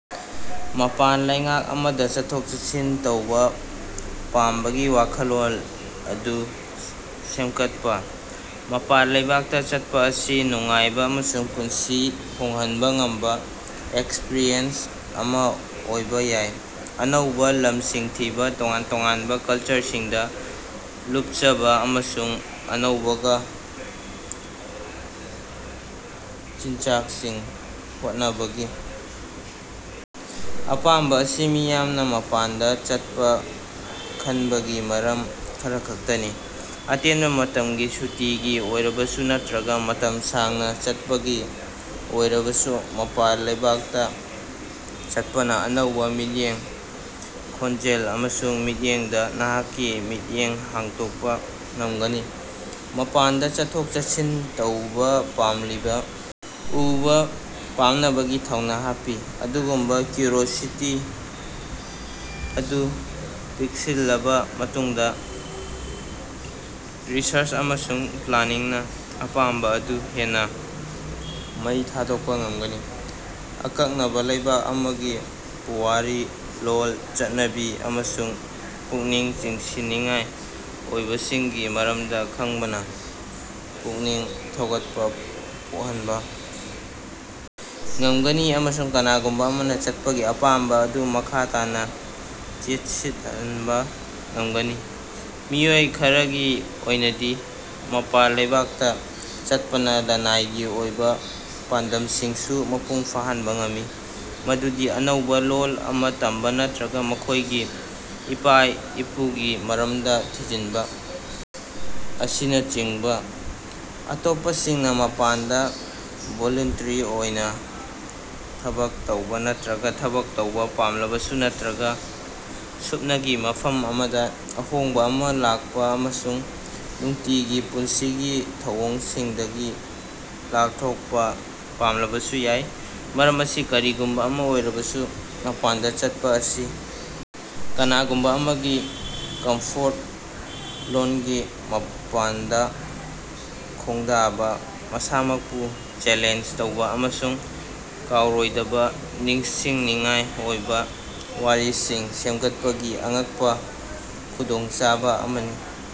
ꯃꯄꯥꯟ ꯂꯩꯕꯥꯛ ꯑꯃꯗ ꯆꯠꯊꯣꯛ-ꯆꯠꯁꯤꯟ ꯇꯧꯕ ꯄꯥꯝꯕꯒꯤ ꯋꯥꯈꯜꯂꯣꯟ ꯑꯗꯨ ꯁꯦꯝꯒꯠꯄ꯫ ꯃꯄꯥꯟ ꯂꯩꯕꯥꯛꯇ ꯆꯠꯄ ꯑꯁꯤ ꯅꯨꯡꯉꯥꯏꯕ ꯑꯃꯁꯨꯡ ꯄꯨꯟꯁꯤ ꯍꯣꯡꯍꯟꯕ ꯉꯝꯕ ꯑꯦꯛꯁꯄꯔꯤꯌꯦꯟꯁ ꯑꯃ ꯑꯣꯏꯕ ꯌꯥꯏ꯫ ꯑꯅꯧꯕ ꯂꯝꯁꯤꯡ ꯊꯤꯕ, ꯇꯣꯉꯥꯟ ꯇꯣꯉꯥꯟꯕ ꯀꯜꯆꯔꯁꯤꯡꯗ ꯂꯨꯄꯆꯕ ꯑꯃꯁꯨꯡ ꯑꯅꯧꯕꯀ ꯆꯤꯟꯖꯥꯛꯁꯤꯡ ꯍꯣꯠꯅꯕꯒꯤ ꯑꯄꯥꯝꯕ ꯑꯁꯤ ꯃꯤꯌꯥꯝꯅ ꯃꯄꯥꯟꯗ ꯆꯠꯄ ꯈꯟꯕꯒꯤ ꯃꯔꯝ ꯈꯔꯈꯛꯇꯅꯤ꯫ ꯑꯇꯦꯟꯕ ꯃꯇꯝꯒꯤ ꯁꯨꯇꯤꯒꯤ ꯑꯣꯏꯔꯕꯁꯨ ꯅꯠꯇ꯭ꯔꯒ ꯃꯇꯝ ꯁꯥꯡꯅ ꯆꯠꯄꯒꯤ ꯑꯣꯏꯔꯕꯁꯨ ꯃꯄꯥꯟ ꯂꯩꯕꯥꯛꯇ ꯆꯠꯄꯅ ꯑꯅꯧꯕ ꯃꯤꯠꯌꯦꯡ, ꯈꯣꯟꯖꯦꯜ ꯑꯃꯁꯨꯡ ꯃꯤꯠꯌꯦꯡꯗ ꯅꯍꯥꯛꯀꯤ ꯃꯤꯠꯌꯦꯡ ꯍꯥꯡꯗꯣꯛꯄ ꯉꯝꯒꯅꯤ꯫ ꯃꯄꯥꯟꯗ ꯆꯠꯊꯣꯛ-ꯆꯠꯁꯤꯟ ꯇꯧꯕ ꯄꯥꯝꯂꯤꯕ ꯎꯕ ꯄꯥꯝꯅꯕꯒꯤ ꯊꯧꯅꯥ ꯍꯥꯞꯄꯤ꯫ ꯑꯗꯨꯒꯨꯝꯕ ꯀ꯭ꯌꯨꯔꯤꯑꯣꯁꯤꯇꯤ ꯑꯗꯨ ꯄꯤꯛꯁꯤꯜꯂꯕ ꯃꯇꯨꯡꯗ ꯔꯤꯁꯔꯆ ꯑꯃꯁꯨꯡ ꯄ꯭ꯂꯥꯅꯤꯡꯅ ꯑꯄꯥꯝꯕ ꯑꯗꯨ ꯍꯦꯟꯅ ꯃꯩ ꯊꯥꯗꯣꯛꯄ ꯉꯝꯒꯅꯤ꯫ ꯑꯀꯛꯅꯕ ꯂꯩꯕꯥꯛ ꯑꯃꯒꯤ ꯄꯨꯋꯥꯔꯤ, ꯂꯣꯜ, ꯆꯠꯅꯕꯤ ꯑꯃꯁꯨꯡ ꯄꯨꯛꯅꯤꯡ ꯆꯤꯡꯁꯤꯟꯅꯤꯡꯉꯥꯏ ꯑꯣꯏꯕꯁꯤꯡꯒꯤ ꯃꯔꯝꯗ ꯈꯪꯕꯅ ꯄꯨꯛꯅꯤꯡ ꯊꯧꯒꯠꯄ ꯄꯣꯛꯍꯟꯕ ꯉꯝꯒꯅꯤ꯫ ꯑꯃꯁꯨꯡ ꯀꯅꯥꯒꯨꯝꯕ ꯑꯃꯅ ꯆꯠꯄꯒꯤ ꯑꯄꯥꯝꯕ ꯑꯗꯨ ꯃꯈꯥ ꯇꯥꯅ ꯆꯦꯠꯁꯤꯠꯍꯟꯕ ꯉꯝꯒꯅꯤ꯫ ꯃꯤꯑꯣꯏ ꯈꯔꯒꯤ ꯑꯣꯏꯅꯗꯤ ꯃꯄꯥꯟ ꯂꯩꯕꯥꯛꯇꯥ ꯆꯠꯄꯅ ꯂꯅꯥꯏꯒꯤ ꯑꯣꯏꯕ ꯄꯥꯟꯗꯝꯁꯤꯡꯁꯨ ꯃꯄꯨꯡ ꯐꯥꯍꯟꯕ ꯉꯝꯃꯤ꯫ ꯃꯗꯨꯗꯤ ꯑꯅꯧꯕ ꯂꯣꯜ ꯑꯃ ꯇꯝꯕ ꯅꯠꯇ꯭ꯔꯒ ꯃꯈꯣꯏꯒꯤ ꯏꯄꯥ-ꯏꯄꯨꯒꯤ ꯃꯔꯝꯗ ꯊꯤꯖꯤꯟꯕ ꯑꯁꯤꯅꯆꯤꯡꯕꯥ꯫ ꯑꯇꯣꯞꯄꯁꯤꯡꯅ ꯃꯄꯥꯟꯗ ꯚꯣꯂꯨꯟꯇꯔꯤ ꯑꯣꯏꯅ ꯊꯕꯛ ꯇꯧꯕ ꯅꯠꯇ꯭ꯔꯒ ꯊꯕꯛ ꯇꯧꯕ ꯄꯥꯝꯂꯕꯁꯨ ꯅꯠꯇ꯭ꯔꯒ ꯁꯨꯞꯅꯒꯤ ꯃꯐꯝ ꯑꯃꯗ ꯑꯍꯣꯡꯕ ꯑꯃ ꯂꯥꯛꯄ ꯑꯃꯁꯨꯡ ꯅꯨꯡꯇꯤꯒꯤ ꯄꯨꯟꯁꯤꯒꯤ ꯊꯧꯑꯣꯡꯁꯤꯡꯗꯒꯤ ꯂꯥꯄꯊꯣꯛꯄ ꯄꯥꯝꯂꯕꯁꯨ ꯌꯥꯏ꯫ ꯃꯔꯝ ꯑꯁꯤ ꯀꯔꯤꯒꯨꯝꯕ ꯑꯃ ꯑꯣꯏꯔꯕꯁꯨ, ꯃꯄꯥꯟꯗ ꯆꯠꯄ ꯑꯁꯤ ꯀꯅꯥꯒꯨꯝꯕ ꯑꯃꯒꯤ ꯀꯝꯐꯣꯔꯠ ꯂꯣꯟꯒꯤ ꯃꯄꯥꯟꯗ ꯈꯣꯡꯗꯥꯕ ꯃꯁꯥꯃꯛꯄꯨ ꯆꯦꯂꯦꯟꯖ ꯇꯧꯕ ꯑꯃꯁꯨꯡ ꯀꯥꯎꯔꯣꯏꯗꯕ ꯅꯤꯡꯁꯤꯡꯅꯤꯡꯉꯥꯏ ꯑꯣꯏꯕ ꯋꯥꯔꯤꯁꯤꯡ ꯁꯦꯝꯒꯠꯄꯒꯤ ꯑꯉꯛꯄ ꯈꯨꯗꯣꯡꯆꯥꯕ ꯑꯃꯅꯤ꯫